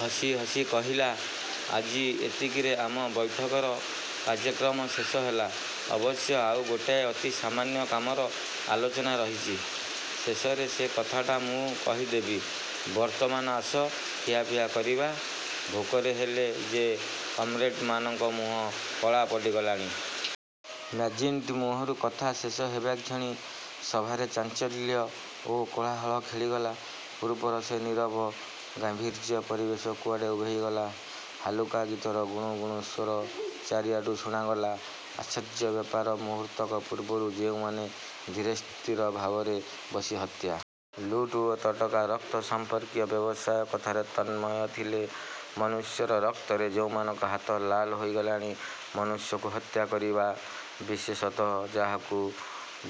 ହସିହସି କହିଲା, ''ଆଜି ଏତିକିରେ ଆମ ବୈଠକର କାର୍ଯ୍ୟକ୍ରମ ଶେଷ ହେଲା। ଅବଶ୍ୟ ଆଉ ଗୋଟାଏ ଅତି ସାମାନ୍ୟ କାମର ଆଲୋଚନା ରହିଛି। ଶେଷରେ ସେ କଥାଟା ମୁଁ କହିଦେବି। ବର୍ତ୍ତମାନ ଆସ, ଖିଆପିଆ କରିବା। ଭୋକରେ ହେଲେ ଯେ କମ୍ରେଡ଼ମାନଙ୍କ ମୁହଁ କଳା ପଡ଼ିଗଲାଣି। '' ମ୍ୟାକ୍ଜିଣ୍ଟି ମୁହଁରୁ କଥା ଶେଷ ହେବାକ୍ଷଣି ସଭାରେ ଚାଞ୍ଚଲ୍ୟ ଓ କୋଳାହଳ ଖେଳିଗଲା। ପୂର୍ବର ସେ ନୀରବ ଗାମ୍ଭୀର୍ଯ୍ୟ ପରିବେଶ କୁଆଡ଼େ ଉଭେଇଗଲା; ହାଲୁକା ଗୀତର ଗୁଣୁଗୁଣୁ ସ୍ୱର ଚାରିଆଡ଼ୁ ଶୁଣାଗଲା। ଆଶ୍ଚର୍ଯ୍ୟ ବ୍ୟାପାର! ମୁହୂର୍ତ୍ତକ ପୂର୍ବରୁ ଯେଉଁମାନେ ଧୀରସ୍ଥିର ଭାବରେ ବସି ହତ୍ୟା, ଲୁଟ ଓ ତଟକା ରକ୍ତ ସଂପର୍କୀୟ ବ୍ୟବସାୟ କଥାରେ ତନ୍ମୟ ଥିଲେ, ମନୁଷ୍ୟର ରକ୍ତରେ ଯେଉଁମାନଙ୍କ ହାତ ଲାଲ ହୋଇଗଲାଣି, ମନୁଷ୍ୟକୁ ହତ୍ୟା କରିବା-ବିଶେଷତଃ ଯାହାକୁ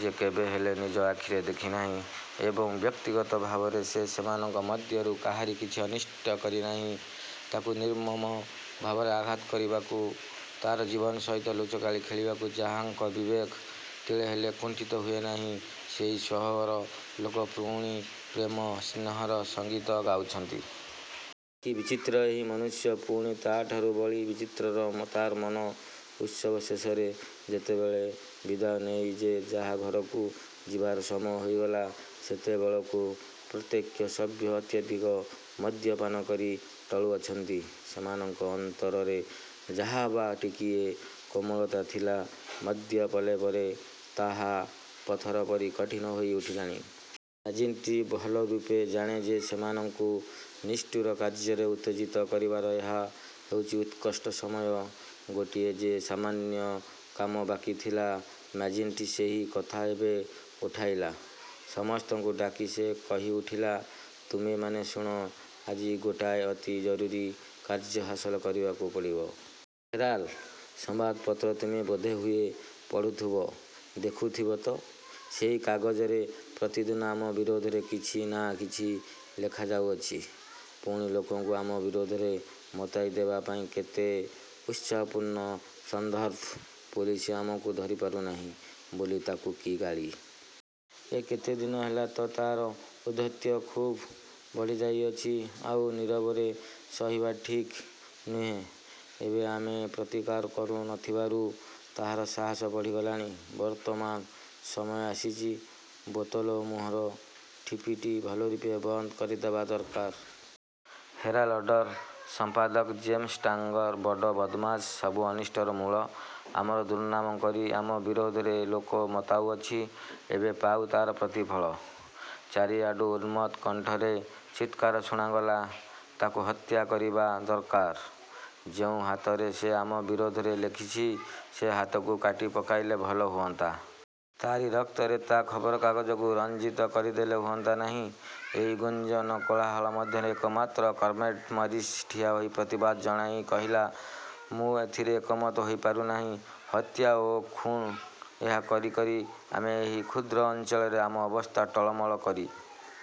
ଯେ କେବେହେଲେ ନିଜ ଆଖିରେ ଦେଖି ନାହିଁ ଏବଂ ବ୍ୟକ୍ତିଗତ ଭାବରେ ସେ ସେମାନଙ୍କ ମଧ୍ୟରୁ କାହାରି କିଛି ଅନିଷ୍ଟ କରି ନାହିଁ-ତାକୁ ନିର୍ମମ ଭାବରେ ଆଘାତ କରିବାକୁ, ତାର ଜୀବନ ସହିତ ଲୁଚକାଳି ଖେଳିବାକୁ ଯାହାଙ୍କ ବିବେକ ତିଳେହେଲେ କୁଣ୍ଠିତ ହୁଏ ନାହିଁ, ସେହି ସ୍ୱଭାବର ଲୋକ ପୁଣି ପ୍ରେମ, ସ୍ନେହର ସଙ୍ଗୀତ ଗାଉଛନ୍ତି! କି ବିଚିତ୍ର ଏହି ମନୁଷ୍ୟ, ପୁଣି ତାଠାରୁ ବଳି ବିଚିତ୍ରତର ତାର ମନ! ଉତ୍ସବ ଶେଷରେ ଯେତେବେଳେ ବିଦାୟ ନେଇ ଯେ ଯାହା ଘରକୁ ଯିବାର ସମୟ ହୋଇଗଲା, ସେତେବେଳକୁ ପ୍ରତ୍ୟେକ ସଭ୍ୟ ଅତ୍ୟଧିକ ମଦ୍ୟପାନ କରି ଟଳୁଅଛନ୍ତି। ସେମାନଙ୍କ ଅନ୍ତରରେ ଯାହା ବା ଟିକିଏ କୋମଳତା ଥିଲା, ମଦ୍ୟ ପ୍ରଲେପରେ ତାହା ପଥର ପରି କଠିନ ହୋଇ ଉଠିଲାଣି। ମ୍ୟାକ୍ଜିଣ୍ଟି ଭଲରୂପେ ଜାଣେ ଯେ ସେମାନଙ୍କୁ ନିଷ୍ଠୁର କାର୍ଯ୍ୟରେ ଉତ୍ତେଜିତ କରିବାର ଏହା ହେଉଛି ଉତ୍କୃଷ୍ଟ ସମୟ। ଗୋଟିଏ ଯେ ସାମାନ୍ୟ କାମ ବାକି ଥିଲା, ମ୍ୟାକ୍ଜିଣ୍ଟି ସେହି କଥା ଏବେ ଉଠାଇଲା। ସମସ୍ତଙ୍କୁ ଡାକି ସେ କହିଉଠିଲା, ''ତୁମେମାନେ ଶୁଣ, ଆଜି ଗୋଟାଏ ଅତି ଜରୁରୀ କାର୍ଯ୍ୟ ହାସଲ କରିବାକୁ ପଡ଼ିବ। 'ହେରାଲ୍' ସମ୍ବାଦପତ୍ର ତୁମେ ବୋଧହୁଏ ପଢ଼ୁଥିବ। ଦେଖୁଥିବ ତ, ସେହି କାଗଜରେ ପ୍ରତିଦିନ ଆମ ବିରୋଧରେ କିଛି ନା କିଛି ଲେଖାଯାଉଅଛି। ପୁଣି ଲୋକଙ୍କୁ ଆମ ବିରୁଦ୍ଧରେ ମତାଇ ଦେବା ପାଇଁ କେତେ ଉତ୍ସାହପୂର୍ଣ୍ଣ ସନ୍ଦର୍ଭ! ପୋଲିସ ଆମକୁ ଧରିପାରୁ ନାହିଁ ବୋଲି ତାକୁ କି ଗାଳି! ଏ କେତେ ଦିନ ହେଲା ତ ତାର ଔଦ୍ଧତ୍ୟ ଖୁବ୍ ବଢ଼ିଯାଇଅଛି। ଆଉ ନୀରବରେ ସହିବା ଠିକ୍ ନୁହେଁ। ଏବେ ଆମେ ପ୍ରତିକାର କରୁ ନ ଥିବାରୁ ତାହାର ସାହସ ବଢ଼ିଗଲାଣି। ବର୍ତ୍ତମାନ ସମୟ ଆସିଛି, ବୋତଲ ମୁହଁର ଠିପିଟି ଭଲରୂପେ ବନ୍ଦ କରିଦେବା ଦରକାର। 'ହେରାଲଡ଼'ର ସମ୍ପାଦକ ଜେମ୍ସ ଷ୍ଟାଙ୍ଗର ବଡ଼ ବଦ୍ମାସ, ସବୁ ଅନିଷ୍ଟର ମୂଳ। ଆମର ଦୁର୍ନାମକରି ଆମ ବିରୁଦ୍ଧରେ ଲୋକ ମତାଉଅଛି, ଏବେ ପାଉ ତାର ପ୍ରତିଫଳ। '' ଚାରିଆଡ଼ୁ ଉନ୍ମତ୍ତ କଣ୍ଠରେ ଚିତ୍କାର ଶୁଣାଗଲା, ''ତାକୁ ହତ୍ୟା କରିବା ଦରକାର। ଯେଉଁ ହାତରେ ସେ ଆମ ବିରୋଧରେ ଲେଖିଛି, ସେ ହାତକୁ କାଟିପକାଇଲେ ଭଲ ହୁଅନ୍ତା। ତାରି ରକ୍ତରେ ତା ଖବରକାଗଜକୁ ରଞ୍ଜିତ କରିଦେଲେ ହୁଅନ୍ତା ନାହିଁ? '' ଏହି ଗୁଞ୍ଜନ କୋଳାହଳ ମଧ୍ୟରେ ଏକମାତ୍ର କମ୍ରେଡ଼ ମରିସ୍ ଠିଆହୋଇ ପ୍ରତିବାଦ ଜଣାଇ କହିଲା, ''ମୁଁ ଏଥିରେ ଏକମତ ହୋଇପାରୁ ନାହିଁ। ହତ୍ୟା ଓ ଖୁଣ୍-ଏହା କରିକରି ଆମେ ଏହି କ୍ଷୁଦ୍ର ଅଞ୍ଚଳରେ ଆମ ଅବସ୍ଥା ଟଳମଟଳ କରି